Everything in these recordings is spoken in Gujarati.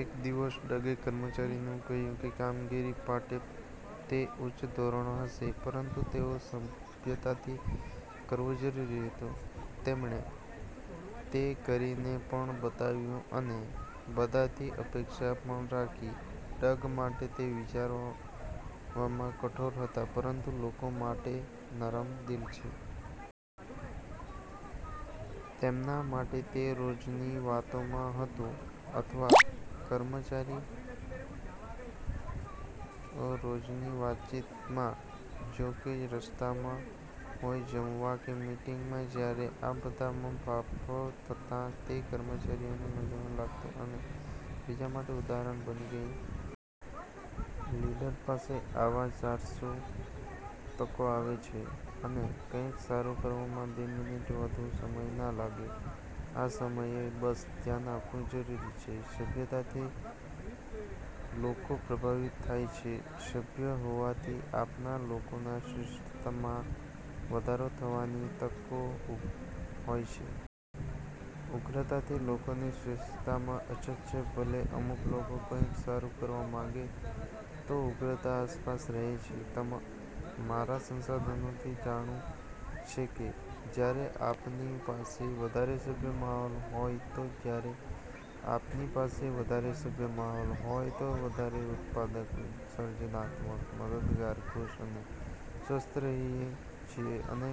એક દિવસ ડગે કર્મચારીને કહ્યું કે કામગીરી માટે તે ઉચ્ચ ધોરણો હશે, પરંતુ તેઓ સભ્યતાથી કરવું જરૂરી હતું. તેમણે તે કરીને પણ બતાવ્યુ અને બધાથી અપેક્ષા પણ રાખી. ડગ માટે તે વિચારવામાં કઠોર હતા પરંતુ લોકો માટે નરમ દિલ. તેમના માટે તે રોજની વાતોમાં હતું, અથવા કર્મચારીઓ અ રોજની વાતચીતમાં, જો કે રસ્તામાં હોય જમવા, કે મિટિંગમાં. જયારે આ બાફ થતાં, તે કર્મચારીઓને મૂલ્યવાન લાગતું. બીજા માટે ઉદાહરણ બની ગયૂ લીડર પાસે આવા ચારસો તકો આવે છે. અને કંઈક સારું કરવામાં બે મિનિટથી વધુ સમય ના લાગે. આ સમયે બસ ધ્યાન આપવુ જરૂરી છે. સભ્યતા થી લોકો પ્રભાવિત થાય છે. સભ્ય હોવાથી આપના લોકોના શ્રેષ્ઠતમાં વધારો થવાની તકો હોય છે. ઉગ્રતાથી લોકોની શ્રેષ્ઠતામાં અછત છે. ભલે અમુક લોકો કંઈક સારું કરવા પણ માંગે, તો ઉગ્રતા આસપાસ રહે છે. મારા સંશોધનથી જાણું છે કે જ્યારે આપની પાસે વધારે સભ્ય માહોલ હોય, તો જ્યારે આપનીપાસે વધારે સભ્ય માહોલ હોય, તો વધારે ઉત્પાદક, સર્જનાત્મક, મદદગાર, ખુશ અને સ્વસ્થ રહીએ છીએ, અને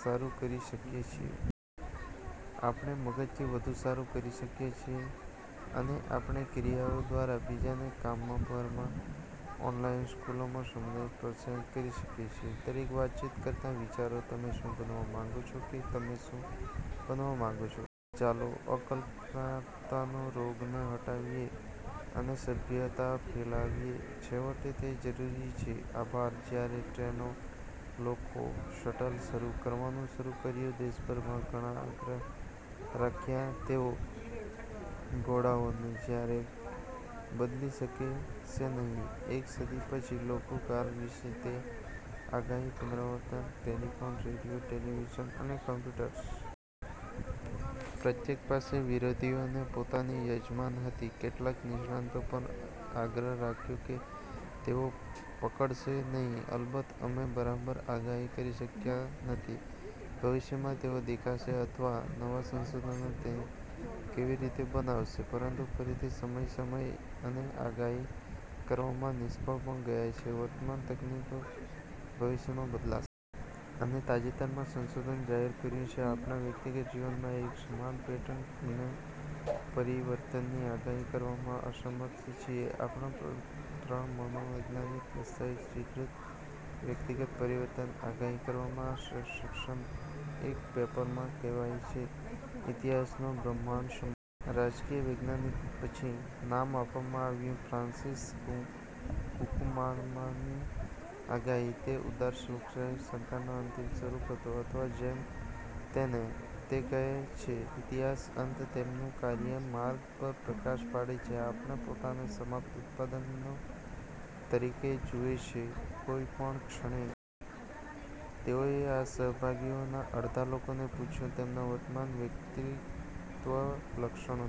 સારું કરી શકીએ છીએ. આપણે મગજથી વધુ સારું કરી શકીએ છીએ. અને આપણે ક્રિયાઓ દ્વારા બીજાને કામમાં, ધરમાં, ઓનલાઈન, સ્કૂલમાં, સમુદાયોમાં પ્રોત્સાહિત કરી શકીએ છીએ. દરેક વાતચીત કરતાં, વિચારો: તમે શું બનવા માંગો છો? કે તમે શું બનવા માંગો છો? ચાલો, અકલ્પ્યતના રોગને હટાવીએ, અને સભ્યતા ફેલાવીએ. છેવટે, તે જરૂરી છે. આભાર. જ્યારે ટ્રેનો લોકો શટલ શરૂ કરવાનું શરૂ કર્યું દેશભરમાં, ઘણા આગ્રહ રાખ્યો તેઓ ઘોડાઓને ક્યારેય બદલી શકે શે નહીં. એક સદી પછી, લોકો કાર વિશે તે જ આગાહી પુનરાવર્તન, ટેલિફોન, રેડિયો, ટેલિવિઝન, અને કમ્પ્યુટર્સ. પ્રત્યેકની પાસે વિરોધીઓની પોતાની યજમાન હતી. કેટલાક નિષ્ણાતો પણ આગ્રહ રાખ્યો કે તેઓ પકડશે નહીં. અલબત્ત, અમે બરાબર આગાહી કરી શકતા નથી ભવિષ્યમાં તેવો દેખાશે અથવા નવા સંશોધનો તે કેવી રીતે બનાવશે. પરંતુ ફરીથી સમય અને સમય, અમે આગાહી કરવામાં નિષ્ફળ પણ ગયા કે વર્તમાન તકનીકો ભવિષ્યમાં બદલાશે. અને તાજેતરના સંશોધન જાહેર કર્યું છે આપણા વ્યક્તિગત જીવનમાં એક સમાન પેટર્ન: અમે પરિવર્તનની આગાહી કરવામાં અસમર્થ છીએ આપણામાં ત્રણ મનોવૈજ્ઞાનિકો દસ્તાવેજીકૃત વ્યક્તિગત પરિવર્તનની આગાહી કરવામાં શુ અક્ષમતા એક પેપરમાં કહેવાય છે, "ઇતિહાસનો ભ્રમણા સ " રાજકીય વૈજ્ઞાનિક પછી નામ આપવામાં આવ્યું ફ્રાન્સિસ ફુકુમાનમાની આગાહી તે ઉદાર લોકશાહી સરકારનો અંતિમ સ્વરૂપ હતો, અથવા જેમ તેને તે કહે છે, "ઇતિહાસનો અંત," તેમનું કાર્ય માર્ગ પર પ્રકાશ પાડે છે આપણે પોતાને સમાપ્ત ઉત્પાદનો તરીકે જુએ છે કોઈ પણ ક્ષણે. તેઓએ આ સહભાગીઓના અડધા લોકોને પૂછ્યું તેમના વર્તમાન વ્યક્તિત્વ લક્ષણો